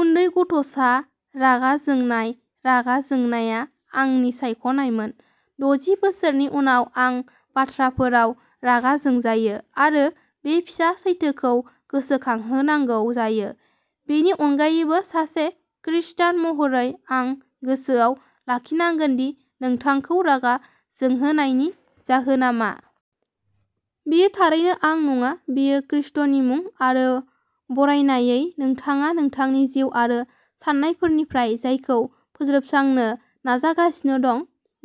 उन्दै गथ'सा, रागा जोंनाय रागा जोंनाया आंनि सायख'नायमोन। दजि बोसोरनि उनावबो आं बाथ्राफोराव रागा जोंजायो आरो बे फिसा सैथोखौ गोसोखांहोनांगौ जायो। बेनि अनगायैबो, सासे खृस्टान महरै, आं गोसोआव लाखिनांगोन दि नोंथांखौ' रागा जोंहोनाय'नि जाहोनआ मा। बेयो थारैनो आं नङा, बेयो खृस्टनि मुं, आरो बारायनायै, नोंथाङा नोंथांनि जिउ आरो साननायफोरनिफ्राय जायखौ फोजोबस्रांनो नाजागासिनो दं,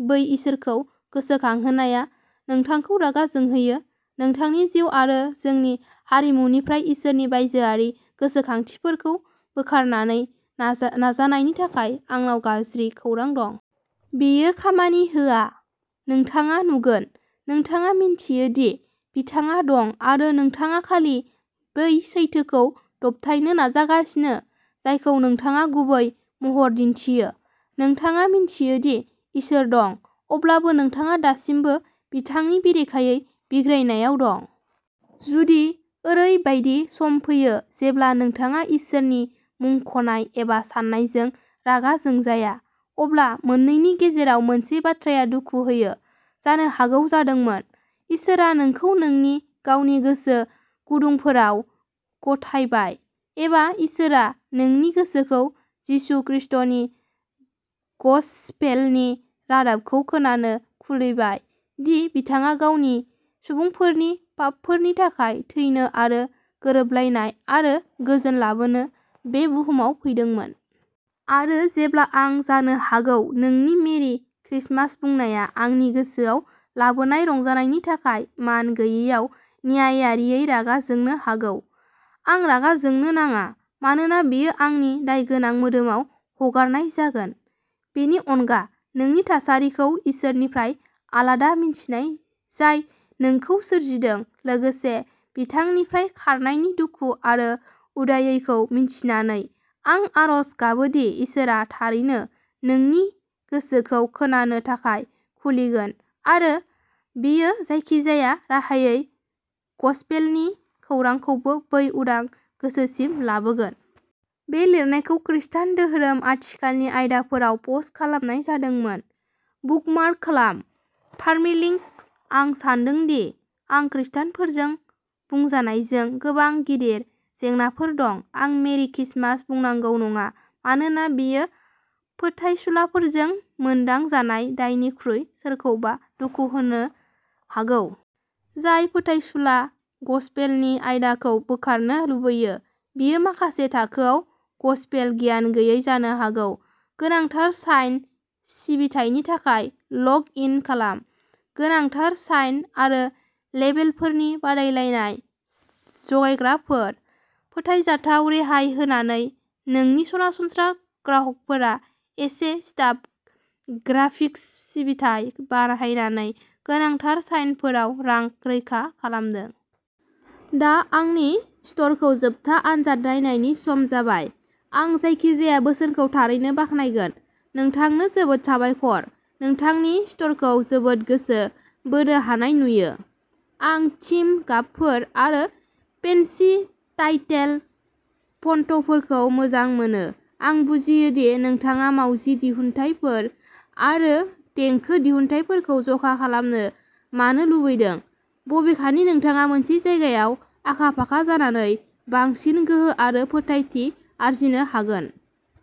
बै इसोरखौ गोसोखांहोनाया नोंथांखौ रागा जोंहोयो। नोंथांनि जिउ आरो जोंनि हारिमुनिफ्राय इसोरनि बायजोआरि गोसोखांथिफोरखौ बोखारनो नाजा नाजानायनि थाखाय आंनाव गाज्रि खौरां दं। बेयो खामानि होआ। नोंथाङा नुगोन, नोंथाङा मिन्थियो दि बिथाङा दं आरो नोंथाङा खालि बै सैथोखौ दबथायनो नाजागासिनो जायखौ नोंथाङा गुबै महरै दिन्थियो। नोंथाङा मिन्थियोदि इसोर दं, अब्लाबो नोंथाङा दासिमबो बिथांनि बेरेखायै बिग्रायनायाव दं। जुदि ओरैबायदि सम फैयो जेब्ला नोंथाङा इसोरनि मुंख'नाय एबा साननायजों रागा जोंजाया, अब्ला मोननैनि गेजेराव मोनसे बाथ्राया दुखु होयो। जानो हागौ जादोंमोन। इसोरआ नोंखौ नोंनि गावनि गोसो गुदुंफोराव गथायबाय एबा इसोरआ नोंनि गोसोखौ जिसु खृष्टनि गसपेलनि रादाबखौ खोनानो खुलिबाय दि बिथाङा गावनि सुबुंफोरनि पापफोरनि थाखाय थैनो आरो गोरोबलायनाय आरो गोजोन लाबोनो बे बुहुमाव फैदोंमोन। आरो जेब्ला आं जानो हागौ नोंनि मेरि क्रिसमास बुंनाया आंनि गोसोआव लाबोनाय रंजानायनि थाखाय मान गैयैआव न्यायारियै रागा जोंनो हागौ, आं रागा जोंनो नाङा, मानोना बेयो आंनि दायगोनां मोदोमाव हगारनाय जागोन। बेनि अनगा, नोंनि थासारिखौ इसोरनिफ्राय आलादा मिन्थिनाय जाय नोंखौ सोरजिदों, लोगोसे बिथांनिफ्राय खारनायनि दुखु आरो उदायैखौ मिन्थिनानै, आं आरज गाबोदि इसोरआ थारैनो नोंनि गोसोखौ खोनानो थाखाय खुलिगोन, आरो बियो जायखिजाया राहायै गसपेलनि खौरांखौ बै उदां गोसोसिम लाबोगोन। बे लिरनायखौ खृस्टान धोरोम, आथिखालनि आयदाफोराव पस्ट खालामनाय जादोंमोन। बुकमार्क खालाम। पार्मालिंक आं सान्दों दि आं खृष्टानफोरजों बुंजानायजों गोबां गिदिर जेंनाफोर दं, आं मेरि क्रिसमास बुंनांगौ नङा, मानोना बेयो फोथायसुलाफोरजों मोनदां जानाय' दायनिख्रुइ सोरखौबा दुखु होनो हागौ। जाय फोथायसुला गसपेलनि आयदाखौ बोखारनो लुबैयो, बियो माखासे थाखोआव गसपेल गियान गैयै जानो हागौ। गोनांथार साइन सिबिथायनि थाखाय लग इन खालाम। गोनांथार साइन आरो लेबेलफोरनि बादायलायनाय जगायग्राफोर। फोथायजाथाव रेहाय होनानै नोंनि सरासनस्रा ग्राहकफोरा एसे स्टप ग्राफिक्स सिबिथाइ बारहायनानै गोनांथार साइनफोराव रां रैखा खालामदों। दा आंनि स्ट'रखौ जोबथा आनजाद नायनायनि सम जाबाय। आं जायखिजाया बोसोरखौ थारैनो बाख्नायगोन। नोंथांनो जोबोद साबायखर नोंथांनि स्ट'रखौ जोबोद गोसो बोनो हानाय नुयो। आं थीम गाबफोर आरो फेन्सि टाइटेल फन्टफोरखौ मोजां मोनो। आं बुजियो दि नोंथाङा मावजि दिहुनथायफोर आरो देंखो दिहुनथायफोरखौ ज'खाखालामनो मानो लुबैदों, बबेखानि नोंथाङा मोनसे जायगायाव आखा-फाखा जानानै बांसिन गोहो आरो फोथायथि आरजिनो हागोन।